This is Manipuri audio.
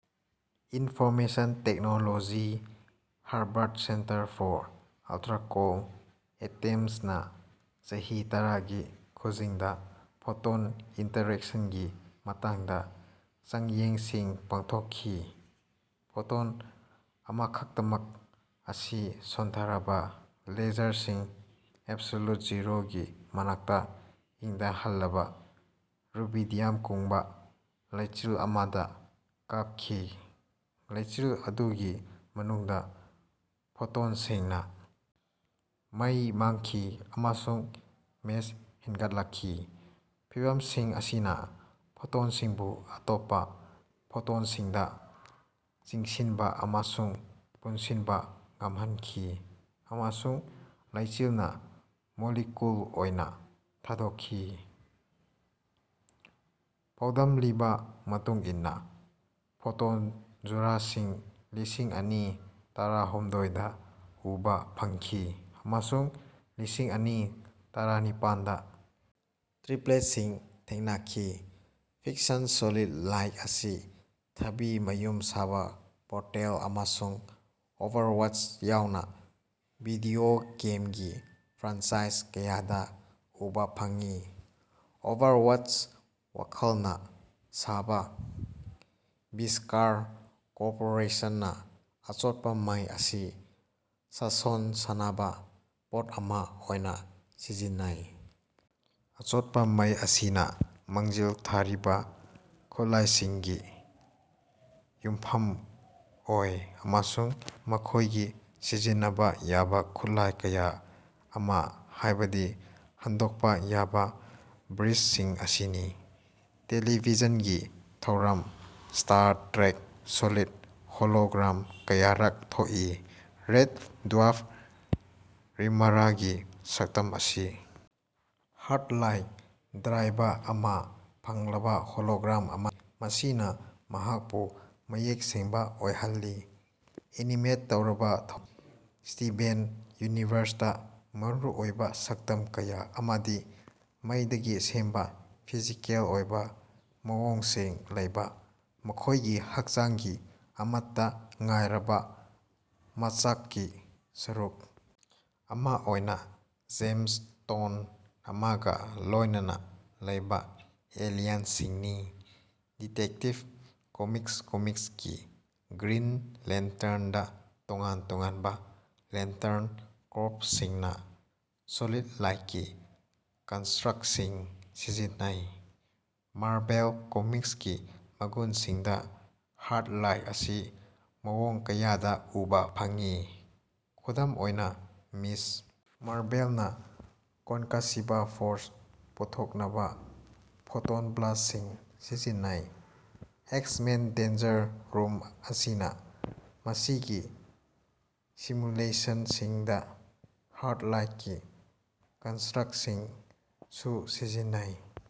Information technology Harvard centre for ultracold ꯑꯦꯇꯦꯝꯁꯅ ꯆꯍꯤ ꯇꯔꯥꯒꯤ ꯈꯨꯖꯤꯡꯗ ꯐꯣꯇꯣꯟ ꯏꯟꯇꯔꯦꯛꯁꯟꯒꯤ ꯃꯇꯥꯡꯗ ꯆꯥꯡꯌꯦꯡꯁꯤꯡ ꯄꯥꯡꯊꯣꯛꯈꯤ꯫ ꯐꯣꯇꯣꯟ ꯑꯃꯈꯛꯇꯃꯛ ꯑꯁꯤ ꯁꯣꯟꯊꯔꯕ ꯂꯦꯁꯔꯁꯤꯡ ꯑꯦꯕꯁꯣꯂꯨꯠ ꯖꯤꯔꯣꯒꯤ ꯃꯅꯥꯛꯇ ꯏꯪꯊꯍꯜꯂꯕ ꯔꯨꯕꯤꯗꯤꯌꯝ ꯀꯨꯡꯕ ꯂꯩꯆꯤꯜ ꯑꯃꯗ ꯀꯥꯞꯈꯤ꯫ ꯂꯩꯆꯤꯜ ꯑꯗꯨꯒꯤ ꯃꯅꯨꯡꯗ ꯐꯣꯇꯣꯟꯁꯤꯡꯅ ꯃꯩ ꯃꯥꯡꯈꯤ ꯑꯃꯁꯨꯡ ꯃꯦꯁ ꯍꯦꯟꯒꯠꯂꯛꯈꯤ꯫ ꯐꯤꯚꯝꯁꯤꯡ ꯑꯁꯤꯅ ꯐꯣꯇꯣꯟꯁꯤꯡꯕꯨ ꯑꯇꯣꯞꯄ ꯐꯣꯇꯣꯟꯁꯤꯡꯗ ꯆꯤꯡꯁꯤꯟꯕ ꯑꯃꯁꯨꯡ ꯄꯨꯟꯁꯤꯟꯕ ꯉꯝꯍꯟꯈꯤ ꯑꯃꯁꯨꯡ ꯂꯩꯆꯤꯜꯅ ꯃꯣꯂꯤꯀꯨꯜ ꯑꯣꯏꯅ ꯊꯥꯗꯣꯛꯈꯤ꯫ ꯄꯥꯎꯗꯝꯂꯤꯕ ꯃꯇꯨꯡ ꯏꯟꯅ ꯐꯣꯇꯣꯟ ꯖꯨꯔꯥꯁꯤꯡ ꯂꯤꯁꯤꯡ ꯑꯅꯤ ꯇꯔꯥꯍꯨꯝꯗꯣꯏꯗ ꯎꯕ ꯐꯪꯈꯤ ꯑꯃꯁꯨꯡ ꯂꯤꯁꯤꯡ ꯑꯅꯤ ꯇꯔꯥꯅꯤꯄꯥꯟꯗ ꯇ꯭ꯔꯤꯄ꯭ꯂꯦꯠꯁꯤꯡ ꯊꯦꯡꯅꯈꯤ꯫ ꯐꯤꯛꯁꯟ ꯁꯣꯂꯤꯗ ꯂꯥꯏꯠ ꯑꯁꯤ ꯊꯥꯕꯤ ꯃꯌꯨꯝ ꯁꯥꯕ ꯄꯣꯔꯇꯦꯜ ꯑꯃꯁꯨꯡ ꯑꯣꯚꯔꯋꯥꯆ ꯌꯥꯎꯅ ꯚꯤꯗꯤꯑꯣ ꯒꯦꯝꯒꯤ ꯐ꯭ꯔꯥꯟꯆꯥꯏꯖ ꯀꯌꯥꯗ ꯎꯕ ꯐꯪꯉꯤ꯫ ꯑꯣꯚꯔꯋꯥꯆ ꯋꯥꯈꯜꯅ ꯁꯥꯕ ꯕꯤꯁ꯭ꯀꯔ ꯀꯣꯔꯄꯣꯔꯦꯁꯟꯅ ꯑꯆꯣꯠꯄ ꯃꯩ ꯑꯁꯤ ꯁꯥꯁꯣꯟ ꯁꯥꯅꯕ ꯄꯣꯠ ꯑꯃ ꯑꯣꯏꯅ ꯁꯤꯖꯤꯟꯅꯩ꯫ ꯑꯆꯣꯠꯄ ꯃꯩ ꯑꯁꯤꯅ ꯃꯥꯡꯖꯤꯜ ꯊꯥꯔꯤꯕ ꯈꯨꯠꯂꯥꯏꯁꯤꯡꯒꯤ ꯌꯨꯝꯐꯝ ꯑꯣꯏ ꯑꯃꯁꯨꯡ ꯃꯈꯣꯏꯒꯤ ꯁꯤꯖꯤꯟꯅꯕ ꯌꯥꯕ ꯈꯨꯠꯂꯥꯏ ꯀꯌꯥ ꯑꯃ ꯍꯥꯏꯕꯗꯤ ꯍꯟꯗꯣꯛꯄ ꯌꯥꯕ ꯕ꯭ꯔꯤꯖꯁꯤꯡ ꯑꯁꯤꯅꯤ꯫ ꯇꯦꯂꯤꯚꯤꯖꯟꯒꯤ ꯊꯧꯔꯝ ꯁ꯭ꯇꯥꯔ ꯇ꯭ꯔꯦꯛ ꯁꯣꯂꯤꯗ ꯍꯣꯂꯣꯒ꯭ꯔꯥꯝ ꯀꯌꯥꯔꯛ ꯊꯣꯛꯏ꯫ ꯔꯦꯗ ꯗ꯭ꯋꯔꯐ ꯔꯤꯝꯃꯔꯒꯤ ꯁꯛꯇꯝ ꯑꯁꯤ ꯍꯥꯔ꯭ꯗ ꯂꯥꯏꯠ ꯗ꯭ꯔꯥꯏꯕ ꯑꯃ ꯐꯪꯂꯕ ꯍꯣꯂꯣꯒ꯭ꯔꯥꯝ ꯑꯃꯅꯤ ꯃꯁꯤꯅ ꯃꯍꯥꯛꯄꯨ ꯃꯌꯦꯛ ꯁꯦꯡꯕ ꯑꯣꯏꯍꯜꯂꯤ꯫ ꯑꯦꯅꯤꯃꯦꯠ ꯇꯧꯔꯕ ꯊꯧꯔꯝ ꯁ꯭ꯇꯤꯚꯦꯟ ꯌꯨꯅꯤꯚꯔꯁꯇ ꯃꯔꯨꯑꯣꯏꯕ ꯁꯛꯇꯝ ꯀꯌꯥ ꯑꯃꯥꯗꯤ ꯃꯩꯗꯒꯤ ꯁꯦꯝꯕ ꯐꯤꯖꯤꯀꯦꯜ ꯑꯣꯏꯕ ꯃꯑꯣꯡꯁꯤꯡ ꯂꯩꯕ ꯃꯈꯣꯏꯒꯤ ꯍꯛꯆꯥꯡꯒꯤ ꯑꯃꯠꯇ ꯉꯥꯏꯔꯕ ꯃꯆꯥꯛꯀꯤ ꯁꯔꯨꯛ ꯑꯃ ꯑꯣꯏꯅ ꯖꯦꯝꯁꯇꯣꯟ ꯑꯃꯒ ꯂꯣꯏꯅꯅ ꯂꯩꯕ ꯑꯦꯂꯤꯌꯟꯁꯤꯡꯅꯤ꯫ ꯗꯤꯇꯦꯛꯇꯤꯚ ꯀꯣꯃꯤꯛꯁ ꯀꯣꯃꯤꯛꯁꯀꯤ ꯒ꯭ꯔꯤꯟ ꯂꯦꯟꯇ꯭ꯔꯟꯗ ꯇꯣꯉꯥꯟ ꯇꯣꯉꯥꯟꯕ ꯂꯦꯟꯇ꯭ꯔꯟ ꯀꯣꯔꯄ꯭ꯁꯁꯤꯡꯅ ꯁꯣꯂꯤꯗ ꯂꯥꯏꯠꯀꯤ ꯀꯟꯁꯇ꯭ꯔꯛꯁꯤꯡ ꯁꯤꯖꯤꯟꯅꯩ꯫ ꯃꯥꯔꯚꯦꯜ ꯀꯣꯃꯤꯛꯁꯀꯤ ꯃꯒꯨꯟꯁꯤꯡꯗ ꯍꯥꯔ꯭ꯗ ꯂꯥꯏꯠ ꯑꯁꯤ ꯃꯑꯣꯡ ꯀꯌꯥꯗ ꯎꯕ ꯐꯪꯉꯤ꯫ ꯈꯨꯗꯝ ꯑꯣꯏꯅ ꯃꯤꯁ ꯃꯥꯔꯚꯦꯜꯅ ꯀꯣꯟꯀꯁꯤꯕ ꯐꯣꯔꯁ ꯄꯨꯊꯣꯛꯅꯕ ꯐꯣꯇꯣꯟ ꯕ꯭ꯂꯥꯁ꯭ꯠꯁꯤꯡ ꯁꯤꯖꯤꯟꯅꯩ꯫ ꯑꯦꯛꯁ-ꯃꯦꯟ ꯗꯦꯟꯖꯔ ꯔꯨꯝ ꯑꯁꯤꯅ ꯃꯁꯤꯒꯤ ꯁꯤꯃꯨꯂꯦꯁꯟꯁꯤꯡꯗ ꯍꯥꯔ꯭ꯗ ꯂꯥꯏꯠꯀꯤ ꯀꯟꯁꯇ꯭ꯔꯛꯁꯤꯡꯁꯨ ꯁꯤꯖꯤꯟꯅꯩ꯫